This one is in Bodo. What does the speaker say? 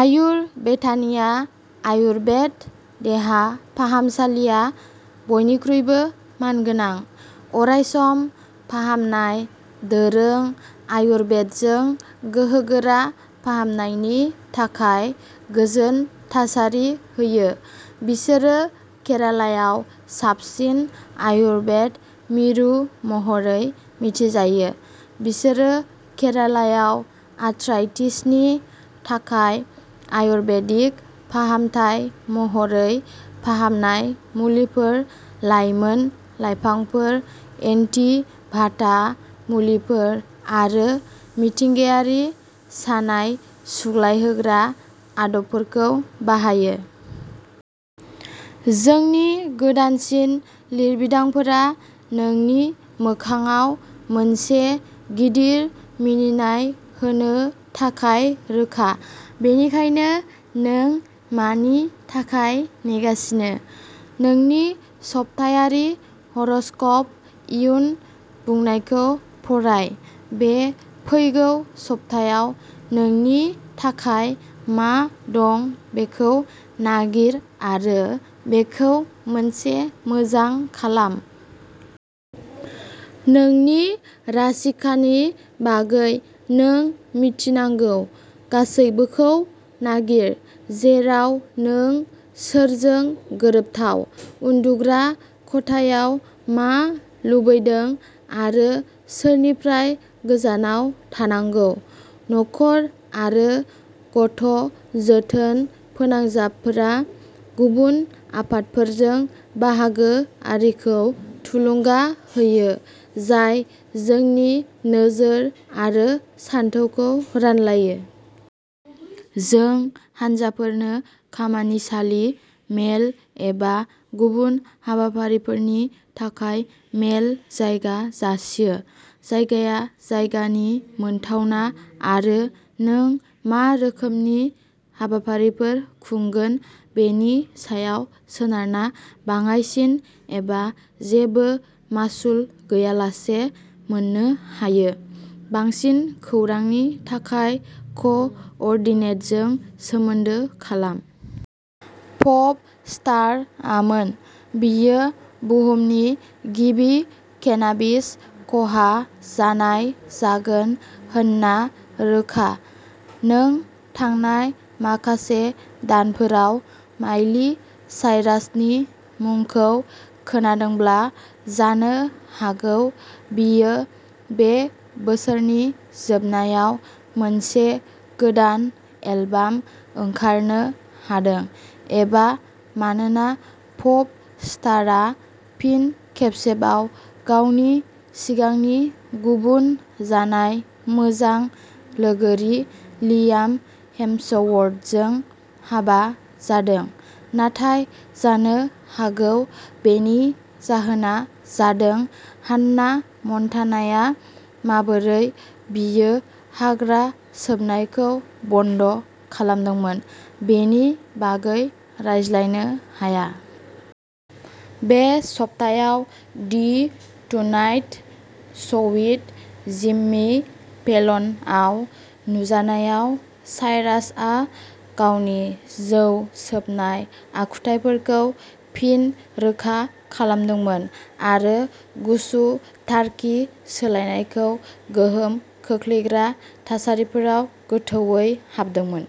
आयुर बेथानिया आयुरबेद देहा फाहामसालिया बयनिख्रुइबो मानगोनां, अरायसम फाहामनाय दोरों-आयुरबेदजों गोहोगोरा फाहामनायनि थाखाय गोजोन थासारि होयो। बिसोरो केरालायाव साबसिन आयुरबेद मिरु महरै मिथिजायो। बिसोरो केरालायाव आथ्राइटिसनि थाखाय आयुर्बेदिक फाहामथाय महरै फाहामनाय मुलिफोर, लायमोन लायफांफोर, एन्टि भाटा मुलिफोर आरो मिथिंगायारि सानाय सुग्लायहोग्रा आदबफोरखौ बाहायो। जोंनि गोदानसिन लिरबिदांफोरा नोंनि मोखांआव मोनसे गिदिर मिनिनाय होनो थाखाय रोखा, बेनिखायनो नों मानि थाखाय नेगासिनो? नोंनि सप्तायारि ह'र'स्क'प इयुन बुंनायखौ फराय। बे फैगौ सप्तायाव नोंनि थाखाय मा दं बेखौ नागिर आरो बेखौ मोनसे मोजां खालाम! नोंनि राशिकानि बागै नों मिथिनांगौ गासैबोखौ नागिर, जेराव नों सोरजों गोरोबथाव, उन्दुग्रा खथायाव मा लुबैदों आरो सोरनिफ्राय गोजानाव थानांगौ! नखर आरो गथ'जोथोन फोनांजाबफोरा गुबुन आफादफोरजों बाहागोआरिखौ थुलुंगा होयो जाय जोंनि नोजोर आरो सानथौखौ रानलायो। जों हानजाफोरनो खामानिसालि, मेल एबा गुबुन हाबाफारिफोरनि थाखाय मेल जायगा जासियो। जायगाया जायगानि मोनथावना आरो नों मा रोखोमनि हाबाफारिफोर खुंगोन बेनि सायाव सोनारना बाङायसिन एबा जेबो मासुल गैयालासे मोननो हायो। बांसिन खौरांनि थाखाय क'- अर्डिनेटरजों सोमोन्दो खालाम। पप-स्टारआमोन। बियो बुहुमनि गिबि केनाबिस खहा जानाय जागोन होन्ना रोखा। नों थांनाय माखासे दानफोराव माइलि साइरासनि मुंखौ खोनादोंब्ला, जानो हागौ बियो बे बोसोरनि जोबनायाव मोनसे गोदान एलबाम ओंखारनो हादों, एबा मानोना पप-स्टारआ फिन खेबसेबाव गावनि सिगांनि गुबुन जानाय मोजां लोगोरि लियाम हेम्सवर्थजों हाबा जादों, नाथाय जानो हागौ, बेनि जाहोना जादों हान्ना मन्टानाया माबोरै बियो हाग्रा सोबनायखौ बन्द खालामदोंमोन बेनि बागै रायज्लायनो हाया। बे सप्तायाव "the tonight show with Jimmy Fallon" आव नुजानायाव, साइरासआ गावनि जौ सोबनाय आखुथाइफोरखौ फिन रोखा खालामदोंमोन आरो गुसु-टार्कि सोलायनायखौ गोहोम खोख्लैग्रा थासारिफोराव गोथौवै हाबदोंमोन।